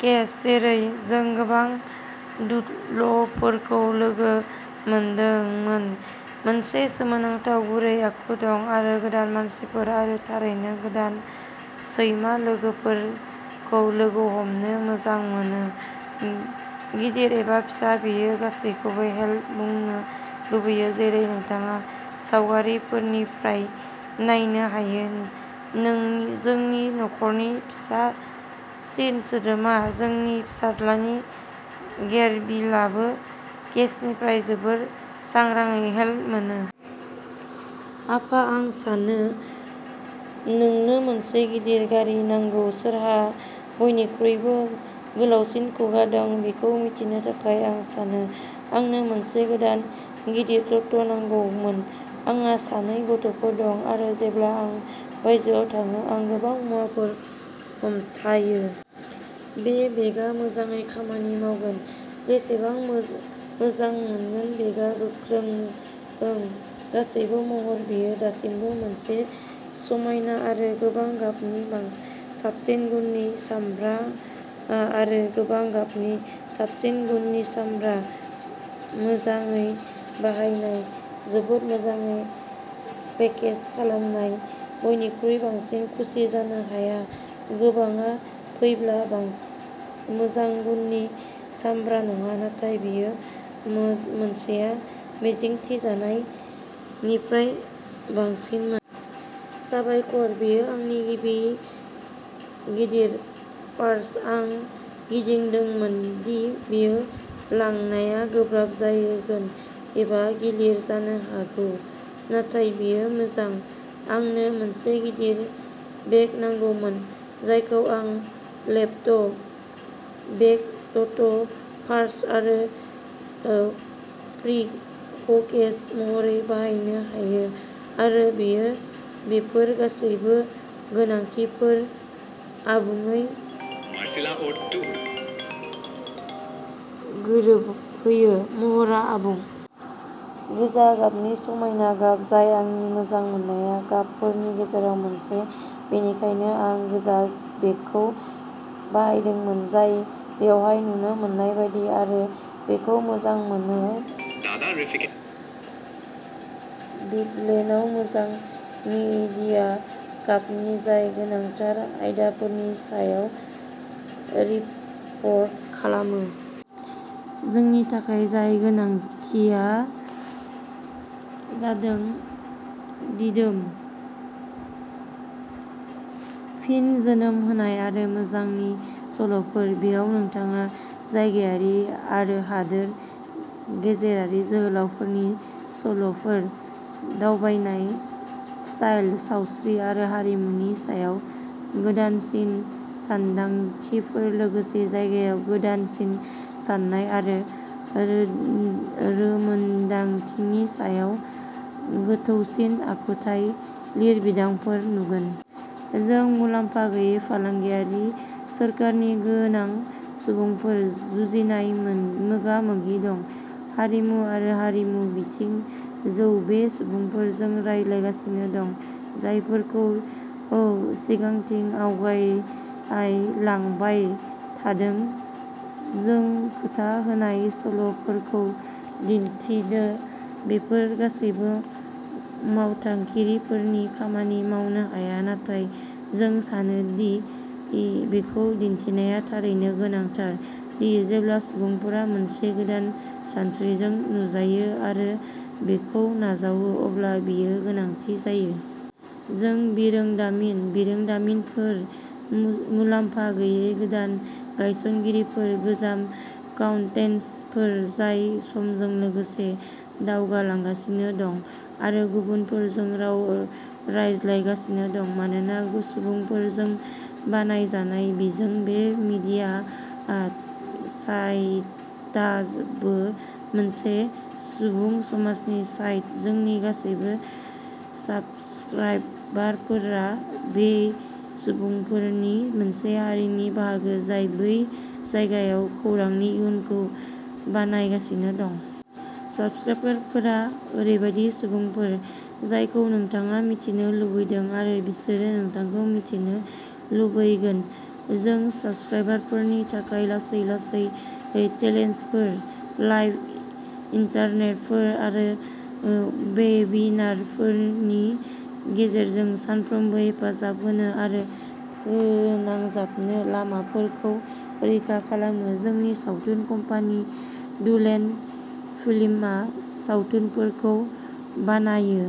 Case, जेरै जों गोबां डुडलफोरखौ लोगो मोनदोंमोन, मोनसे सोमोनांथाव गुरै आखु दं आरो गोदान मानसिफोर आरो थारैनो गोदान सैमा लोगोफोरखौ लोगो हमनो मोजां मोनो। गिदिर एबा फिसा, बियो गासिबोनो हेल' बुंनो लुबैयो, जेरै नोंथाङा सावगारिनिफ्राय नायनो हायो, जोंनि नखरनि फिसासिन सोद्रोमा, जोंनि फिसाज्लानि गेरबिलआबो केसनिफ्राय जोबोद सांग्राङै हेल' मोनो। आफा, आं सानो नोंनो मोनसे गिदिर गारि नांगौ, सोरहा बयनिख्रुइबो गोलावसिन खुगा दं बेखौ मिथिनो थाखाय, आं सानो आंनो मोनसे गोदान गिदिर ट'ट' नांगौमोन। आंहा सानै गथ'फोर दं आरो जेब्ला आं बायजोआव थाङो आं गोबां मुवाफोर हमथायो। बे बेगआ मोजाङै खामानि मावगोन। बेसेना मोजांमोन, बेगआ गोख्रों। गासै महरै बेयो दासिमबो मोनसे समायना आरो गोबां गाबनि। साबसिन गुननि सामब्रा, मोजाङै बानायनाय जोबोद मोजाङै पेकेज खालामनाय बेनिख्रुइ बांसिन खुसि जानो हाया। गोबांआ फैब्ला मोजां गुननि सामब्रा नङा, नाथाय बेयो मोनसेया मिजिंथिजानायनिफ्राय बांसिनमोन। साबायखर। बेयो आंनि गिबि गिदिर पार्स। आं गिदोंमोन दि बेखौ लांनाया गोब्राब जागोन एबा गिलिर जानो हागौ, नाथाय बेयो मोजां। आंनो मोनसे गिदिर बेग नांगौमोन जायखौ आं लेपटप बेग, ट'ट, पार्स आरो ब्रिफकेस महरै बाहायनो हायो आरो बेयो बैफोर गासिबो गोनांथिफोरखौ आबुङै गोरोबहोयो, महरआ आबुं। गोजा गाबनि समायना गाब जाय आंनि मोजां मोनजानाय गाबफोरनि गेजेराव मोनसे। बेनिखायनो, आं गोजा बेगखौ बायदोंमोन जाय बेवहाय नुनो मोननाय बायदि आरो बेखौ मोजां मोनो। टू लेनआ मोनसे मीडिया कम्पानि जाय गोनांथार आयदाफोरनि सायाव रिपर्टिं खालामो। जोंनि थाखाय जाय गोनांथिया जादों दिदोमथि, फिन जोनोम होनाय आरो मोजांनि सल'फोर। बेयाव नोंथाङा जायगायारि आरो हादोर गेजेरारि जोहोलावफोरनि सल'फोर, दावबायनाय, स्टाइल, सावस्रि आरो हारिमुनि सायाव गोदानसिन सानदांथिफोर लोगोसे जायगायाव गोदानसिन साननाय आरो रोंमोनदांथिनि सायाव गोथौसिन आखुथाय लिरबिदांफोरखौ नुगोन। जोंहा मुलाम्फा गैयै, फालांगि, सोरखारनि गोनां सुबुंफोरजों जुनिया मोगा-मोगिफोर दं। हारिमु आरो हारिमु बिथिं। जों बै सुबुंफोरजों रायज्लांगासिनो दं, जायफोरखौ सिगांथिं आवगाय लांबावबाय थादों। जों खोथा होनाय सल "फोरखौबो दिन्थिदों। बेफोर गासैबो मावथांखिफोरा खामानि मावनो हाया, नाथाय जों सानो दि बेखौ दिन्थिनाया थारैनो गोनांथार दि जेब्ला सुबुंफोरा मोनसे गोदान सानस्रिजों नुजायो आरो बेखौ नाजावो अब्ला बेयो गोनांथि जायो। जों बिरोंदामिन बिरोंदामिनफोर, मुलाम्फा गैयै गोदान गायसनगिरिफोर, गोजाम फाउन्डेसनफोर जाय समजों लोगोसे दावगालांगासिनो दं आरो गुबुनफोरजों रायज्लांगासिनो दं। मानोना सुबुंफोरजों बानायजानाय बिजों, बे मिडिया साइटाबो मोनसे सुबुं समाजनि साइट। जोंनि गासिबो साबस्क्राइबारफोरा बै सुबुंफोरनि मोनसे हारिनि बाहागो जाय बे जायगायाव खौरांनि इयुनखौ बानायगासिनो दं। साबस्क्राइबारफोरा ओरैबायदि सुबुंफोर जायखौ नोंथाङा मिन्थिनो लुबैदों आरो बिसोरो नोंथांखौ मिन्थिनो लुबैगोन। जों साबस्क्राइबारफोरनि थाखाय लासै-लासै चेनेलफोर, लाइभ इभेन्टफोर आरो वेबिनारफोरनि गेजेरजों सानफ्रोमबो हेफाजाब होनो आरो फोनांजाबनो लामाफोरखौ रोखा खालामो। जोंनि सावथुन कम्पानि, टू लेन फिल्म्सआ सावथुनफोर बानायो।